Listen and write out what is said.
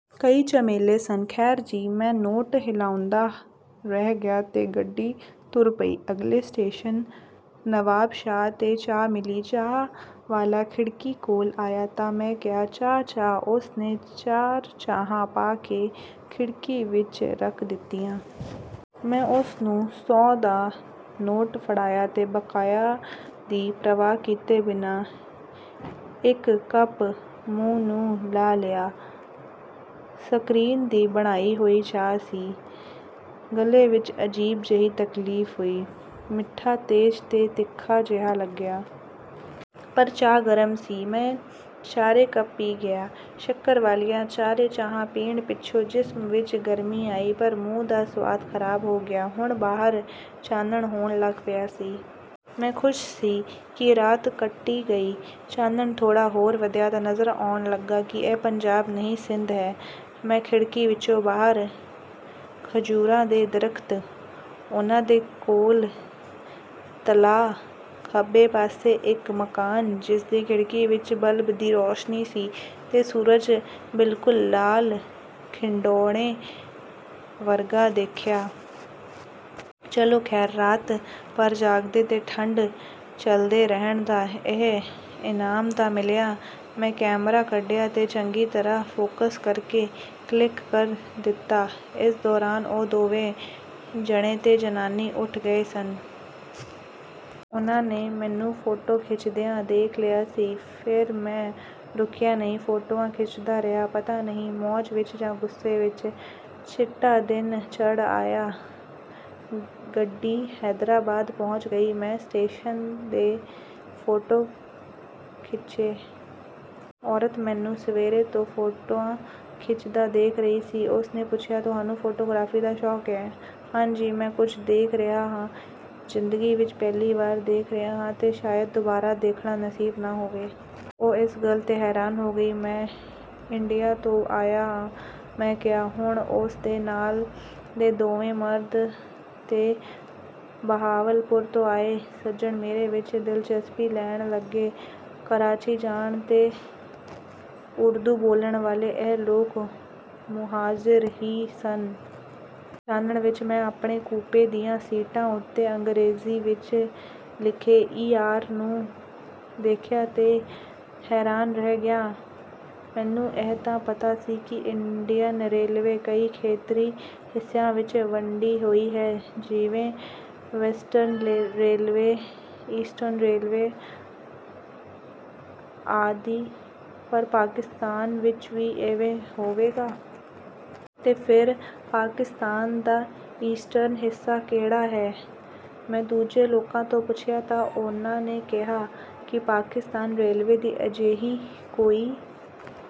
ਕਈ ਝਮੇਲੇ ਸਨ। ਖ਼ੈਰ ਜੀ, ਮੈਂ ਨੋਟ ਹਿਲਾਉਂਦਾ ਰਹਿ ਗਿਆ ਤੇ ਗੱਡੀ ਤੁਰ ਪਈ। ਅਗਲੇ ਸਟੇਸ਼ਨ, ਨਵਾਬਸ਼ਾਹ 'ਤੇ ਚਾਹ ਮਿਲੀ। ਚਾਹ ਵਾਲਾ ਖਿੜਕੀ ਕੋਲ ਆਇਆ ਤਾਂ ਮੈਂ ਕਿਹਾ, "ਚਾਰ ਚਾਹ।" ਉਸ ਨੇ ਚਾਰ ਚਾਹਾਂ ਪਾ ਕੇ ਖਿੜਕੀ ਵਿੱਚ ਰੱਖ ਦਿੱਤੀਆਂ। ਮੈਂ ਉਸ ਨੂੰ ਸੌ ਦਾ ਨੋਟ ਫੜਾਇਆ ਤੇ ਬਕਾਇਆ ਦੀ ਪ੍ਰਵਾਹ ਕੀਤੇ ਬਿਨਾਂ ਇੱਕ ਕੱਪ ਮੂੰਹ ਨੂੰ ਲਾ ਲਿਆ। ਸਕਰੀਨ ਦੀ ਬਣਾਈ ਹੋਈ ਚਾਹ ਸੀ। ਗਲੇ ਵਿੱਚ ਅਜੀਬ ਜਿਹੀ ਤਕਲੀਫ਼ ਹੋਈ। ਮਿੱਠਾ ਤੇਜ਼ ਤੇ ਤਿੱਖਾ ਜਿਹਾ ਲੱਗਿਆ। ਪਰ ਚਾਹ ਗਰਮ ਸੀ। ਮੈਂ ਚਾਰੇ ਕੱਪ ਪੀ ਗਿਆ। ਸ਼ੱਕਰ ਵਾਲੀਆਂ ਚਾਰੇ ਚਾਹਾਂ ਪੀਣ ਪਿੱਛੋਂ ਜਿਸਮ ਵਿੱਚ ਗਰਮੀ ਆਈ, ਪਰ ਮੂੰਹ ਦਾ ਸਵਾਦ ਖ਼ਰਾਬ ਹੋ ਗਿਆ। ਹੁਣ ਬਾਹਰ ਚਾਨਣ ਹੋਣ ਲੱਗ ਪਿਆ ਸੀ। ਮੈਂ ਖ਼ੁਸ਼ ਸੀ ਕਿ ਰਾਤ ਕੱਟੀ ਗਈ। ਚਾਨਣ ਥੋੜ੍ਹਾ ਹੋਰ ਵਧਿਆ ਤਾਂ ਨਜ਼ਰ ਆਉਣ ਲੱਗਾ ਕਿ ਇਹ ਪੰਜਾਬ ਨਹੀਂ, ਸਿੰਧ ਹੈ। ਮੈਂ ਖਿੜਕੀ ਵਿੱਚੋਂ ਬਾਹਰ ਖਜੂਰਾਂ ਦੇ ਦਰਖ਼ਤ, ਉਹਨਾਂ ਦੇ ਕੋਲ ਤਲਾਅ, ਖੱਬੇ ਪਾਸੇ ਇੱਕ ਮਕਾਨ, ਜਿਸ ਦੀ ਖਿੜਕੀ ਵਿੱਚ ਬੱਲਬ ਦੀ ਰੋਸ਼ਨੀ ਸੀ, ਤੇ ਸੂਰਜ ਬਿਲਕੁਲ ਲਾਲ ਖਿਡੌਣੇ ਵਰਗਾ ਦੇਖਿਆ। ਚਲੋ ਖ਼ੈਰ, ਰਾਤ ਭਰ ਜਾਗਦੇ ਤੇ ਠੰਡ ਝੱਲਦੇ ਰਹਿਣ ਦਾ ਇਹ ਇਨਾਮ ਤਾਂ ਮਿਲਿਆ। ਮੈਂ ਕੈਮਰਾ ਕੱਢਿਆ ਤੇ ਚੰਗੀ ਤਰ੍ਹਾਂ ਫੋਕਸ ਕਰਕੇ ਕਲਿੱਕ ਕਰ ਦਿੱਤਾ। ਇਸ ਦੌਰਾਨ ਉਹ ਦੋਵੇਂ ਜਣੇ ਤੇ ਜਨਾਨੀ ਉੱਠ ਗਏ ਸਨ। ਉਹਨਾਂ ਨੇ ਮੈਨੂੰ ਫੋਟੋ ਖਿੱਚਦਿਆਂ ਦੇਖ ਲਿਆ ਸੀ। ਫਿਰ ਮੈਂ ਰੁਕਿਆ ਨਹੀਂ। ਫੋਟੋਆਂ ਖਿੱਚਦਾ ਰਿਹਾ। ਪਤਾ ਨਹੀਂ, ਮੌਜ ਵਿੱਚ ਜਾਂ ਗੁੱਸੇ ਵਿੱਚ। ਚਿੱਟਾ ਦਿਨ ਚੜ੍ਹ ਆਇਆ। ਗੱਡੀ ਹੈਦਰਾਬਾਦ ਪਹੁੰਚ ਗਈ। ਮੈਂ ਸਟੇਸ਼ਨ ਦੇ ਫੋਟੋ ਖਿੱਚੇ। ਔਰਤ ਮੈਨੂੰ ਸਵੇਰ ਤੋਂ ਫੋਟੋਆਂ ਖਿੱਚਦਾ ਦੇਖ ਰਹੀ ਸੀ। ਉਸ ਨੇ ਪੁੱਛਿਆ, "ਤੁਹਾਨੂੰ ਫੋਟੋਗ੍ਰਾਫੀ ਦਾ ਸ਼ੌਕ ਏ?" "ਹਾਂ ਜੀ... ਜੋ ਕੁਝ ਦੇਖ ਰਿਹਾ ਹਾਂ, ਜ਼ਿੰਦਗੀ ਵਿੱਚ ਪਹਿਲੀ ਵਾਰ ਦੇਖ ਰਿਹਾ ਹਾਂ ਤੇ ਸ਼ਾਇਦ ਦੁਬਾਰਾ ਦੇਖਣਾ ਨਸੀਬ ਨਾ ਹੋਵੇ।" ਉਹ ਇਸ ਗੱਲ 'ਤੇ ਹੈਰਾਨ ਹੋ ਗਈ। "ਮੈਂ ਇੰਡੀਆ ਤੋਂ ਆਇਆ ਆਂ," ਮੈਂ ਕਿਹਾ। ਹੁਣ ਉਸ ਦੇ ਨਾਲ ਦੇ ਦੋਵੇਂ ਮਰਦ ਤੇ ਬਹਾਵਲਪੁਰ ਤੋਂ ਆਏ ਸੱਜਣ ਮੇਰੇ ਵਿੱਚ ਦਿਲਚਸਪੀ ਲੈਣ ਲੱਗੇ। ਕਰਾਚੀ ਜਾਣ ਤੇ ਉਰਦੂ ਬੋਲਣ ਵਾਲੇ ਇਹ ਲੋਕ 'ਮੁਹਾਜਿਰ' ਹੀ ਸਨ। ਚਾਨਣ ਵਿੱਚ ਮੈਂ ਆਪਣੇ ਕੂਪੇ ਦੀਆਂ ਸੀਟਾਂ ਉੱਤੇ ਅੰਗਰੇਜ਼ੀ ਵਿੱਚ ਲਿਖੇ 'ਈ. ਆਰ.' ਨੂੰ ਦੇਖਿਆ ਤੇ ਹੈਰਾਨ ਰਹਿ ਗਿਆ। ਮੈਨੂੰ ਇਹ ਤਾਂ ਪਤਾ ਸੀ ਕਿ ਇੰਡੀਅਨ ਰੇਲਵੇ ਕਈ ਖੇਤਰੀ ਹਿੱਸਿਆਂ ਵਿੱਚ ਵੰਡੀ ਹੋਈ ਹੈ, ਜਿਵੇਂ ਵੈਸਟਰਨ ਰੇਲਵੇ, ਈਸਟਰਨ ਰੇਲਵੇ ਆਦਿ, ਪਰ ਪਾਕਿਸਤਾਨ ਵਿੱਚ ਵੀ ਇਵੇਂ ਹੋਵੇਗਾ? ਤੇ ਫਿਰ ਪਾਕਿਸਤਾਨ ਦਾ ਈਸਟਰਨ ਹਿੱਸਾ ਕਿਹੜਾ ਹੈ? ਮੈਂ ਦੂਜੇ ਲੋਕਾਂ ਤੋਂ ਪੁੱਛਿਆ ਤਾਂ ਉਹਨਾਂ ਨੇ ਕਿਹਾ ਕਿ ਪਾਕਿਸਤਾਨ ਰੇਲਵੇ ਦੀ ਅਜਿਹੀ ਕੋਈ...